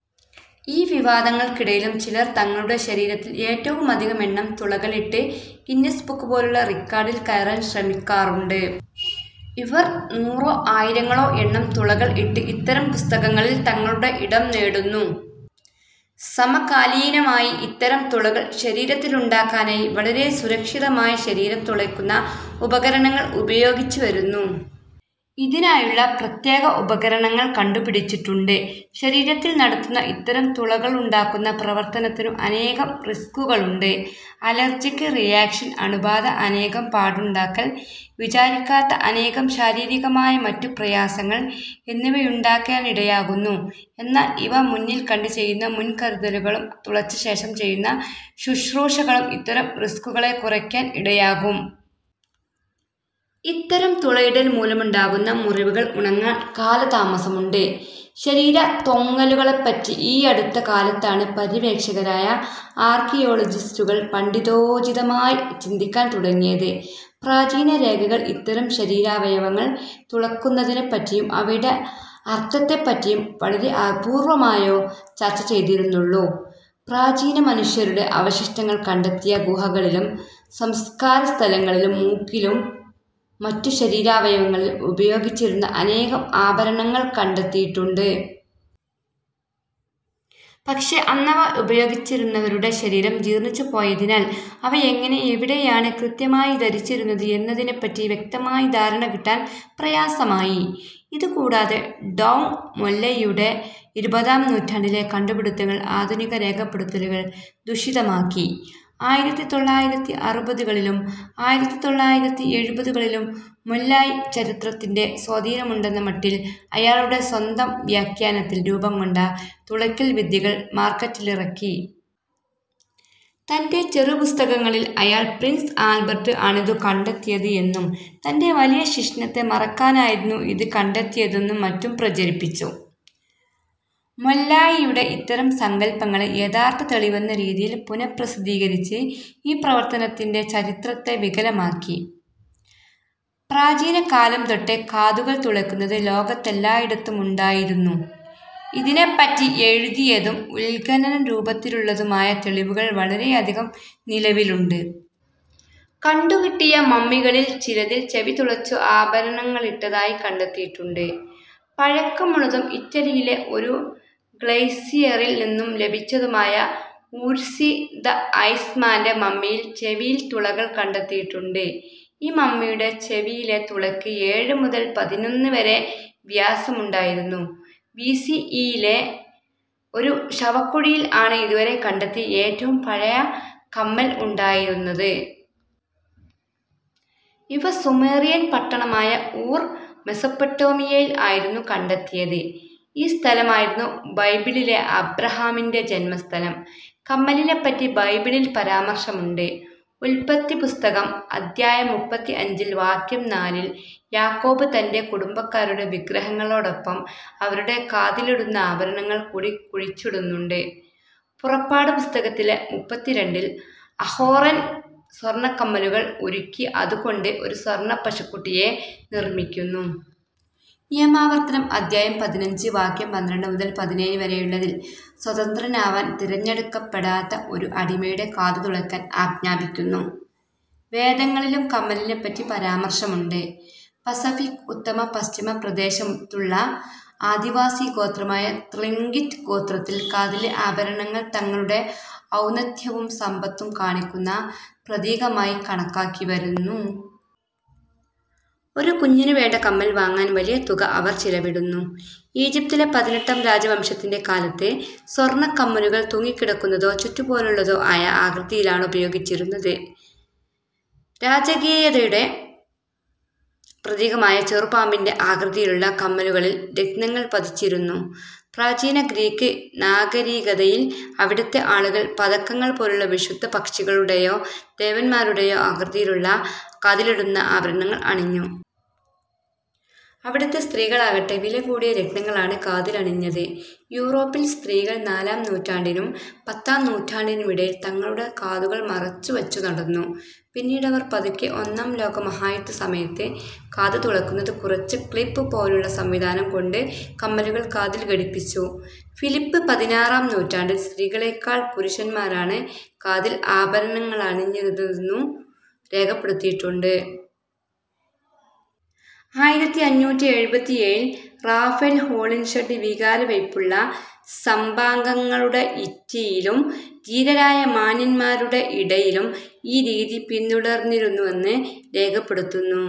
ഈ വിവാദങ്ങൽക്കിടയിലും ചിലർ തങ്ങളുടെ ശരീരത്തിൽ ഏറ്റവുമധികമെണ്ണം തുളകളിട്ട് ഗിന്നസ് ബുക്കുപോലുള്ള റിക്കാർഡിൽ കയറാൻ ശ്രമിക്കാറുണ്ട്. ഇവർ നൂറോ ആയിരങ്ങളൊ എണ്ണം തുളകൾ ഇട്ട് ഇത്തരം പുസ്തകങ്ങളിൽ തങ്ങളുടെ ഇടം നേടുന്നു. സമകാലീനമായി ഇത്തരം തുളകൾ ശരീരത്തിലുണ്ടാക്കാനായി വളരെ സുരക്ഷിതമായ ശരീരം തുളയ്ക്കുന്ന ഉപകരണങ്ങൾ ഉപയോഗിച്ചു വരുന്നു. ഇതിനായുള്ള പ്രത്യേക ഉപകരണങ്ങൾ കണ്ടുപിടിച്ചിട്ടുണ്ട്. ശരീരത്തിൽ നടത്തുന്ന ഇത്തരം തുളകളുണ്ടാക്കുന്ന പ്രവർത്തനത്തിനു അനേകം റിസ്കുകളുണ്ട്. അലർജിക് റിയാക്ഷൻ, അണുബാധ, അനേകം പാടുണ്ടാകൽ, വിജാരിക്കാത്ത അനേകം ശാരീരികമായ മറ്റു പ്രയാസങ്ങൾ എന്നിവയുണ്ടാകാനിടയാക്കുന്നു. എന്നാൽ ഇവ മുന്നിൽ കണ്ട് ചെയ്യുന്ന മുൻകരുതലുകളും തുളച്ചശേഷം ചെയ്യുന്ന ശുശ്രൂഷകളും ഇത്തരം റിസ്കുകളെ കുറയ്ക്കാൻ ഇടയാക്കും. ഇത്തരം തുളയിടൽ മൂലമുണ്ടാകുന്ന മുറിവുകൾ ഉണങ്ങാൻ കാലതാമസമുണ്ട്. ശരീര തൊങ്ങലുകളെപ്പറ്റി ഈയടുത്ത കാലത്താണ് പര്യവേക്ഷകരായ ആർക്കിയോളജിസ്റ്റുകൾ പണ്ഡിതോചിതമായി ചിന്തിക്കാൻ തുടങ്ങിയത്. പ്രാചീന രേഖകൾ ഇത്തരം ശരീരാവയവങ്ങൾ തുളയ്ക്കുന്നതിനെപ്പറ്റിയും അവയുടെ അർത്ഥത്തെപ്പറ്റിയും വളരെ അപൂർവ്വമായെ ചർച്ചചെയ്തിരുന്നുള്ളു. പ്രാചീന മനുഷ്യരുടെ അവശിഷ്ടങ്ങൾ കണ്ടെത്തിയ ഗുഹകളിലും സംസ്കാരസ്ഥലങ്ങളിലും മൂക്കിലും മറ്റു ശരീരാവയവങ്ങളിലും ഉപയോഗിച്ചിരുന്ന അനേകം ആഭരണങ്ങൾ കണ്ടെത്തിയിട്ടുണ്ട്. പക്ഷെ അന്നവ ഉപയോഗിച്ചിരുന്നവരുടെ ശരിരം ജീർണ്ണിച്ചു പോയതിനാൽ അവ എങ്ങനെ എവിടെയാണ് കൃത്യമായി ധരിച്ചിരുന്നത് എന്നതിനെപ്പറ്റി വ്യക്തമായ ധാരണ കിട്ടാൻ പ്രയാസമായി. ഇതുകൂടാതെ, ഡൗങ് മൊലൊയ്യുടെ ഇരുപതാം നൂറ്റാണ്ടിലെ കണ്ടുപിടിത്തങ്ങൾ ആധുനിക രേഖപ്പെടുത്തലുകൾ ദൂഷിതമാക്കി. ആയിരത്തി തൊള്ളായിരത്തിഅറുപതുകളിലും ആയിരത്തിതൊള്ളായിരത്തിഎഴുപതുകളിലും മൊല്ലോയ് ചരിത്രത്തിൻ്റെ സ്വാധീനമുണ്ടെന്ന മട്ടിൽ അയാളുടെ സ്വന്തം വ്യാഖ്യാനത്തിൽ രൂപം കൊണ്ട തുളയ്ക്കൽ വിദ്യകൾ മാർക്കറ്റിലിറക്കി. തൻ്റെ ചെറുപുസ്തകങ്ങളിൽ അയാൾ പ്രിൻസ് ആൽബർട്ട് ആണിതു കണ്ടെത്തിയത് എന്നും തൻ്റെ വലിയ ശിശ്നത്തെ മറയ്കാനായിരുന്നു ഇത് കണ്ടെത്തിയതെന്നും മറ്റും പ്രചരിപ്പിച്ചു. മൊല്ലോയിയുടെ ഇത്തരം സങ്കല്പങ്ങളെ യഥാർഥ തെളിവെന്ന രീതിയിൽ പുനഃപ്രസിദ്ധീകരിച്ച് ഈ പ്രവർത്തനത്തിൻ്റെ ചരിത്രത്തെ വികലമാക്കി. പ്രാചീനകാലം തൊട്ടെ കാതുകൾ തുളയ്ക്കുന്നത് ലോകത്തെല്ലായിടത്തുമുണ്ടായിരുന്നു. ഇതിനെപ്പറ്റി എഴുതിയതും ഉത്ഘനനരൂപത്തിലുള്ളതുമായ തെളിവുകൾ വളരെയധികം നിലവിലുണ്ട്. കണ്ടുകിട്ടിയ മമ്മികളിൽ ചിലതിൽ ചെവി തുളച്ചു ആഭരണങ്ങളിട്ടതായി കണ്ടെത്തിയിട്ടുണ്ട്. പഴക്കമുള്ളതും ഇറ്റലിയിലെ ഒരു ഗ്ലെസിയറിൽ നിന്നും ലഭിച്ചതുമായ ഊറ്റ്സി ദ ഐസ്മാൻ്റെ മമ്മിയിൽ ചെവിയിൽ തുളകൾ കണ്ടെത്തിയിട്ടുണ്ട്. ഈ മമ്മിയുടെ ചെവിയിലെ തുളയ്ക്ക് ഏഴ് മുതൽ പതിനൊന്ന് വരെ വ്യാസമുണ്ടായിരുന്നു. ബി സി ഇ യിലെ ഒരു ശവക്കുഴിയിൽ ആണ് ഇതുവരെ കണ്ടെത്തിയ ഏറ്റവും പഴയ കമ്മൽ ഉണ്ടായിരുന്നത്. ഇവ സുമേറിയൻ പട്ടണമായ ഊർ, മെസപ്പൊട്ടേമിയയിൽ ആയിരുന്നു കണ്ടെത്തിയത്. ഈ സ്ഥലമായിരുന്നു ബൈബിളിലെ അബ്രഹാമിൻ്റെ ജന്മസ്ഥലം. കമ്മലിനെപ്പറ്റി ബൈബിളിൽ പരാമർശമുണ്ട്. ഉൽപ്പത്തിപ്പുസ്തകം അദ്ധ്യായം മുപ്പത്തിഅഞ്ചിൽ വാക്യം നാലിൽ, യാക്കോബ് തൻ്റെ കുടുംബക്കാരുടെ വിഗ്രഹങ്ങളോടൊപ്പം അവരുടെ കാതിലിടുന്ന ആഭരണങ്ങൾ കൂടി കുഴിച്ചിടുന്നുണ്ട്. പുറപ്പാട് പുസ്തകത്തിലെ മുപ്പത്തിരണ്ടിൽ, അഹറോൻ സ്വർണ്ണകമ്മലുകൾ ഉരുക്കി അതുകൊണ്ട് ഒരു സ്വർണ്ണ പശുക്കുട്ടിയെ നിർമ്മിക്കുന്നു. നിയമാവർത്തനം അദ്ധ്യായം പതിനഞ്ച് വാക്യം പന്ത്രണ്ട് മുതൽ പതിനേഴ് വരെയുള്ളതിൽ സ്വതന്ത്രനാവാൻ തിരഞ്ഞെടുക്കപ്പെടാത്ത ഒരു അടിമയുടെ കാതു തുളയ്ക്കാൻ ആജ്ഞാപിക്കുന്നു. വേദങ്ങളിലും കമ്മലിനെപ്പറ്റി പരാമർശമുണ്ട്. പസിഫിക് ഉത്തരപശ്ചിമ പ്രദേശത്തുള്ള ആദിവാസി ഗോത്രമായ ത്ലിങ്കിറ്റ് ഗോത്രത്തിൽ കാതിലെ ആഭരണങ്ങൾ തങ്ങളുടെ ഔന്നത്യവും സമ്പത്തും കാണിക്കുന്ന പ്രതീകമായി കണക്കാക്കിവരുന്നു. ഒരു കുഞ്ഞിനുവേണ്ട കമ്മൽ വാങ്ങാൻ വലിയ തുക അവർ ചിലവിടുന്നു. ഈജിപ്തിലെ പതിനെട്ടാം രാജവംശത്തിൻ്റെ കാലത്ത്, സ്വർണ്ണക്കമ്മലുകൾ തൂങ്ങിക്കിടക്കുന്നതോ ചുറ്റുപോലുള്ളതോ ആയ ആകൃതിയിലാണുപയോഗിച്ചിരുന്നത്. രാജകീയതയുടെ പ്രതീകമായ ചെറുപാമ്പിൻ്റെ ആകൃതിയുള്ള കമ്മലുകളിൽ രത്നങ്ങൾ പതിച്ചിരുന്നു. പ്രാചീന ഗ്രീക്ക് നാഗരികതയിൽ അവിടത്തെ ആളുകൾ പതക്കങ്ങൾപോലുള്ള വിശുദ്ധ പക്ഷികളുടെയോ ദേവതമാരുടെയോ ആകൃതിയിലുള്ള കാതിലിടുന്ന ആഭരണങ്ങൾ അണിഞ്ഞു. അവിടത്തെ സ്ത്രീകളാകട്ടെ, വിലകൂടിയ രത്നങ്ങളാണ് കാതിലണിഞ്ഞത്. യൂറോപ്പിൽ, സ്ത്രീകൾ, നാലാം നുറ്റാണ്ടിനും പത്താം നൂറ്റാണ്ടിനുമിടയിൽ തങ്ങളുടെ കാതുകൾ മറച്ചുവച്ചുനടന്നു. പിന്നീടവർ പതുക്കെ ഒന്നാം ലോകമഹായുദ്ധസമയത്ത് കാത് തുളയ്ക്കുന്നത് കുറച്ച് ക്ലിപ്പ് പോലുള്ള സംവിധാനം കൊണ്ട് കമ്മലുകൾ കാതിൽ ഘടിപ്പിച്ചു. ഫിലിപ് പതിനാറാം നൂറ്റാണ്ടിൽ സ്ത്രീകളേക്കാൾ പുരുഷന്മാരാണ് കാതിൽ ആഭരണങ്ങളണിഞ്ഞിരുന്നതെന്നു രേഖപ്പെടുത്തിയിട്ടുണ്ട്. ആയിരത്തിഅഞ്ഞൂറ്റിഎഴുപത്തിഏഴിൽ റാഫേൽ ഹോളിൻഷെഡ് വികാരവായ്പുള്ള സഭാംഗങ്ങളുടെയിറ്റയിലും ധീരരായ മാന്യന്മാരുടെയിടയിലും ഈ രീതി പിന്തുടർന്നിരുന്നുവെന്ന് രേഖപ്പെടുത്തുന്നു.